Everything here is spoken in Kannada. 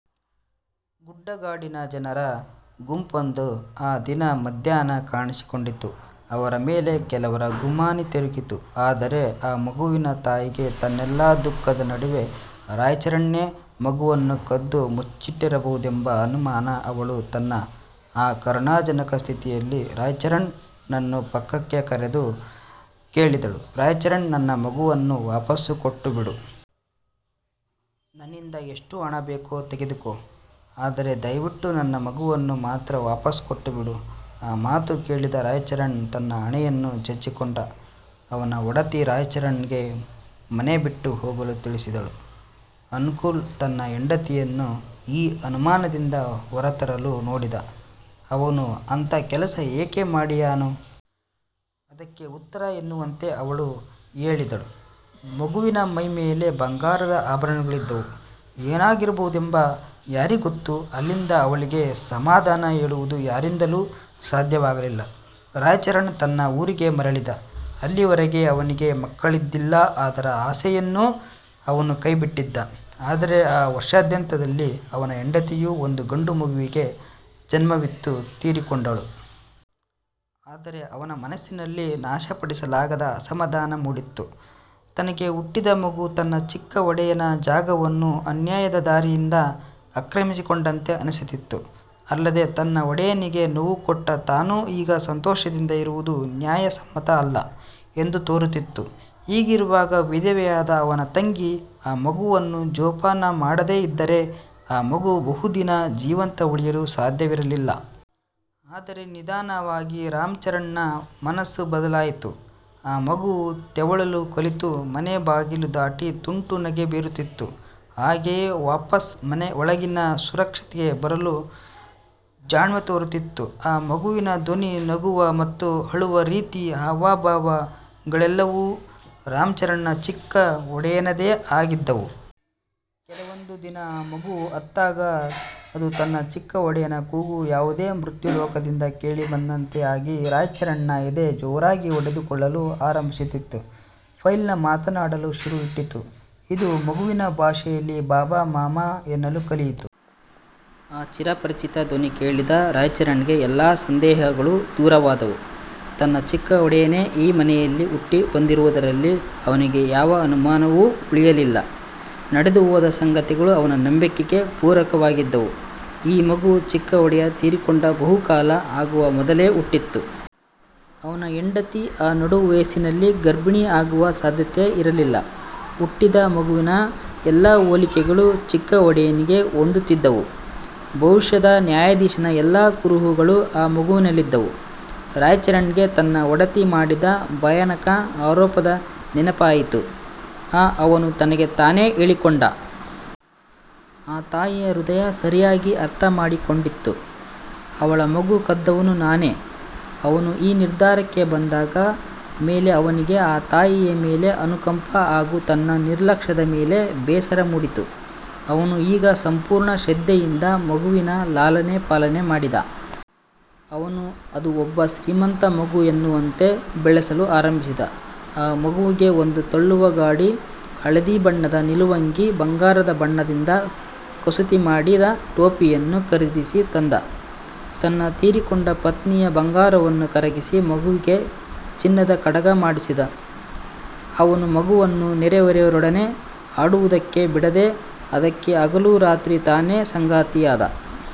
ಗುಡ್ಡ ಗಾಡಿನ ಜನರ ಗುಂಪೊಂದು ಆ ದಿನ ಮಧ್ಯಾಹ್ನ ಕಾಣಿಸಿಕೊಂಡಿತ್ತು. ಅವರ ಮೇಲೆ ಕೆಲವರ ಗುಮಾನಿ ತಿರುಗಿತು. ಆದರೆ ಆ ಮಗುವಿನ ತಾಯಿಗೆ ತನ್ನೆಲ್ಲ ದುಃಖದ ನಡುವೆ, ರಾಯಚರಣ್ನೇ ಮಗುವನ್ನು ಕದ್ದು ಮುಚ್ಚಿಟ್ಟಿರಬಹುದೆಂಬ ಅನುಮಾನ. ಅವಳು ತನ್ನ ಆ ಕರುಣಾಜನಕ ಸ್ಥಿತಿಯಲ್ಲಿ, ರಾಯಚರಣ್ ನನ್ನು ಪಕ್ಕಕ್ಕೆ ಕರೆದು ಹೇಳಿದಳು "ರಾಯಚರಣ್, ನನ್ನ ಮಗುವನ್ನು ವಾಪಸ್ಸು ಕೊಟ್ಟುಬಿಡು. ನನ್ನಿಂದ ಎಷ್ಟು ಹಣ ಬೇಕು ತೆಗೆದುಕೊ. ಆದರೆ ದಯವಿಟ್ಟು ನನ್ನ ಮಗುವನ್ನು ಮಾತ್ರ ವಾಪಸ್ಸು ಕೊಟ್ಟುಬಿಡು" ಆ ಮಾತು ಕೇಳಿದ ರಾಯಚರಣ್ ತನ್ನ ಹಣೆಯನ್ನು ಚಚ್ಚಿಕೊಂಡ. ಅವನ ಒಡತಿ ರಾಯಚರಣ್ ಗೆ ಮನೆ ಬಿಟ್ಟು ಹೋಗಲು ತಿಳಿಸಿದಳು. ಅನುಕೂಲ್ ತನ್ನ ಹೆಂಡತಿಯನ್ನು ಈ ಅನುಮಾನದಿಂದ ಹೊರ ತರಲು ನೋಡಿದ "ಅವನು ಅಂಥ ಕೆಲಸ ಏಕೆ ಮಾಡಿಯಾನು? " ಅದಕ್ಕೆ ಉತ್ತರ ಎನ್ನುವಂತೆ ಅವಳು ಹೇಳಿದಳು "ಮಗುವಿನ ಮೈ ಮೇಲೆ ಬಂಗಾರದ ಆಭರಣಗಳಿದ್ದವು. ಏನಾಗಿರಬಹುದೆಂದು ಯಾರಿಗ್ಗೊತ್ತು? " ಅಲ್ಲಿಂದ ಅವಳಿಗೆ ಸಮಾಧಾನ ಹೇಳುವುದು ಯಾರಿಂದಲೂ ಸಾಧ್ಯವಾಗಲಿಲ್ಲ. ರಾಯಚರಣ್ ತನ್ನ ಊರಿಗೆ ಮರಳಿದ. ಅಲ್ಲಿಯವರೆಗೆ ಅವನಿಗೆ ಮಕ್ಕಳಿದ್ದಿಲ್ಲ ಅದರ ಆಸೆಯನ್ನೂ ಅವನು ಕೈ ಬಿಟ್ಟಿದ್ದ. ಆದರೆ ಆ ವರ್ಷಾಂತ್ಯದಲ್ಲಿ, ಅವನ ಹೆಂಡತಿಯು ಒಂದು ಗಂಡು ಮಗುವಿಗೆ ಜನ್ಮವಿತ್ತು ತೀರಿಕೊಂಡಳು. ಆದರೆ ಅವನ ಮನಸ್ಸಿನಲ್ಲಿ ನಾಶ ಪಡಿಸಲಾಗದ ಅಸಮಧಾನ ಮೂಡಿತ್ತು. ತನಗೆ ಹುಟ್ಟಿದ ಮಗು, ತನ್ನ ಚಿಕ್ಕ ಒಡೆಯನ ಜಾಗವನ್ನು ಅನ್ಯಾಯದ ದಾರಿಯಿಂದ ಆಕ್ರಮಿಸಿಕೊಂಡಂತೆ ಅನಿಸುತ್ತಿತ್ತು. ಅಲ್ಲದೇ ತನ್ನ ಒಡೆಯನಿಗೆ ನೋವು ಕೊಟ್ಟ ತಾನು ಈಗ ಸಂತೋಷದಿಂದ ಇರುವುದು ನ್ಯಾಯ ಸಮ್ಮತ ಅಲ್ಲ ಎಂದು ತೋರುತ್ತಿತ್ತು. ಹೀಗಿರುವಾಗ, ವಿಧವೆಯಾದ ಅವನ ತಂಗಿ ಆ ಮಗುವನ್ನು ಜೋಪಾನ ಮಾಡದೇಇದ್ದರೆ, ಆ ಮಗು ಬಹು ದಿನ ಜೀವಂತ ಉಳಿಯಲು ಸಾಧ್ಯವಿರಲಿಲ್ಲ. ಆದರೆ ನಿಧಾನವಾಗಿ ರಾಯಚರಣ್ ನ ಮನಸ್ಸು ಬದಲಾಯಿತು. ಆ ಮಗು ತೆವಳಲು ಕಲಿತು, ಮನೆ ಬಾಗಿಲು ದಾಟಿ ತುಂಟ ನಗೆ ಬೀರುತ್ತಿತ್ತು. ಹಾಗೆಯೇ ವಾಪಸ್ಸು ಮನೆ ಒಳಗಿನ ಸುರಕ್ಷತೆಗೆ ಬರುವ ಜಾಣ್ಮೆತೋರುತ್ತಿತ್ತು. ಆ ಮಗುವಿನ ಧ್ವನಿ, ನಗುವ ಮತ್ತು ಅಳುವ ರೀತಿ, ಹಾವ, ಭಾವ ಗಳೆಲ್ಲವೂ ರಾಯಚರಣ್ ನ ಚಿಕ್ಕ ಒಡೆಯನದೇ ಆಗಿದ್ದವು. ಕೆಲವೊಂದು ದಿನ ಅ ಮಗು ಅತ್ತಾಗ, ಅದು ತನ್ನ ಚಿಕ್ಕ ಒಡೆಯನ ಕೂಗು ಯಾವುದೊ ಮೃತ್ಯು-ಲೋಕದಿಂದ ಕೇಳಿ ಬಂದಂತೆ ಆಗಿ, ರಾಯಚರಣ್ ನ ಎದೆ ಜೋರಾಗಿ ಬಡಿದು ಕೊಳ್ಳಲು ಆರಂಭಿಸುತ್ತಿತ್ತು. ಫೈಲ್ನ ಮಾತನಾಡಲು ಶುರು ಇಟ್ಟಿತು. ಅದು ಮಗುವಿನ ಭಾಷೆಯಲ್ಲಿ "ಬಾಬಾ", "ಮಾಮಾ" ಎನ್ನಲು ಕಲಿಯಿತು. ಆ ಚಿರ ಪರಿಚಿತ ಧ್ವನಿ ಕೇಳಿದ ರಾಯಚರಣ್ ಗೆ ಎಲ್ಲ ಸಂದೇಹಗಳು ದೂರಾದವು. ತನ್ನ ಚಿಕ್ಕ ಒಡೆಯನೇ ಈ ಮನೆಯಲ್ಲಿ ಹುಟ್ಟಿ ಬಂದಿರುವದರಲ್ಲಿ ಅವನಿಗೆ ಯಾವ ಅನುಮಾನವೂ ಉಳಿಯಲಿಲ್ಲ. ನಡೆದು ಹೋದ ಸಂಗತಿಗಳು ಅವನ ನಂಬಿಕೆಗೆ ಪೂರಕವಾಗಿದ್ದವು. ಈ ಮಗು ಚಿಕ್ಕ ಒಡೆಯ ತೀರಿಕೊಂಡ ಬಹು ಕಾಲ ಆಗುವ ಮೊದಲೇ ಹುಟ್ಟಿತ್ತು. ಅವನ ಹೆಂಡತಿ ಆ ನಡು ವಯಸ್ಸಿನಲ್ಲಿ ಗರ್ಭಿಣಿ ಆಗುವ ಸಾಧ್ಯತೆ ಇರಲಿಲ್ಲ. ಹುಟ್ಟಿದ ಮಗುವಿನ ಎಲ್ಲ ಹೋಲಿಕೆಗಳು ಚಿಕ್ಕ ಒಡೆಯನಿಗೆ ಹೊಂದುತ್ತಿದ್ದವು. ಭವಿಷ್ಯದ ನ್ಯಾಯಾಧೀಶನ ಎಲ್ಲ ಕುರುಹುಗಳು ಆ ಮಗುವಿನಲ್ಲಿದ್ದವು. ರಾಯಚರಣ್ ಗೆ ತನ್ನ ಒಡತಿ ಮಾಡಿದ ಭಯಾನಕ ಆರೋಪದ ನೆನಪಾಯಿತು. "ಆ" ಅವನು ತನಗೆ ತಾನೇ ಹೇಳಿಕೊಂಡ. "ಆ ತಾಯಿಯ ಹೃದಯ ಸರಿಯಾಗಿ ಅರ್ಥ ಮಾಡಿ ಕೊಂಡಿತ್ತು. ಅವಳ ಮಗು ಕದ್ದವನು ನಾನೇ". ಅವನು ಈ ನಿರ್ಧಾರಕ್ಕೆ ಬಂದಾದ ಮೇಲೆ, ಅವನಿಗೆ ಆ ತಾಯಿಯ ಮೇಲೆ ಅನುಕಂಪ ಹಾಗೂ ತನ್ನ ನಿರ್ಲಕ್ಷದ ಮೇಲೆ ಬೇಸರ ಮೂಡಿತು. ಅವನು ಈಗ ಸಂಪೂರ್ಣ ಶೃದ್ಧೆಯಿಂದ ಮಗುವಿನ ಲಾಲನೆ, ಪಾಲನೆ ಮಾಡಿದ. ಅವನು ಅದು ಒಬ್ಬ ಶ್ರೀಮಂತನ ಮಗು ಎನ್ನುವಂತೆ ಬೆಳೆಸಲು ಆರಂಭಿಸಿದ. ಆ ಮಗುವಿಗೆ ಒಂದು ತಳ್ಳುವ ಗಾಡಿ, ಹಳದಿ ಬಣ್ಣದ ನಿಲುವಂಗಿ, ಬಂಗಾರದ ಬಣ್ಣದಿಂದ ಕಸೂತಿ ಮಾಡಿದ ಟೋಪಿಯನ್ನು ಖರೀದಿಸಿ ತಂದ. ತನ್ನ ತೀರಿಕೊಂಡ ಪತ್ನಿಯ ಬಂಗಾರವನ್ನು ಕರಗಿಸಿ, ಮಗುವಿಗೆ ಚಿನ್ನದ ಕಡಗ ಮಾಡಿಸಿದ. ಅವನು ಮಗುವನ್ನು ನೆರೆ, ಹೊರೆಯವರೊಡನೆ ಆಡುವದಕ್ಕೆ ಬಿಡದೇ, ಅದಕ್ಕೆ ಹಗಲು, ರಾತ್ರಿ ತಾನೇ ಸಂಗಾತಿಯಾದ.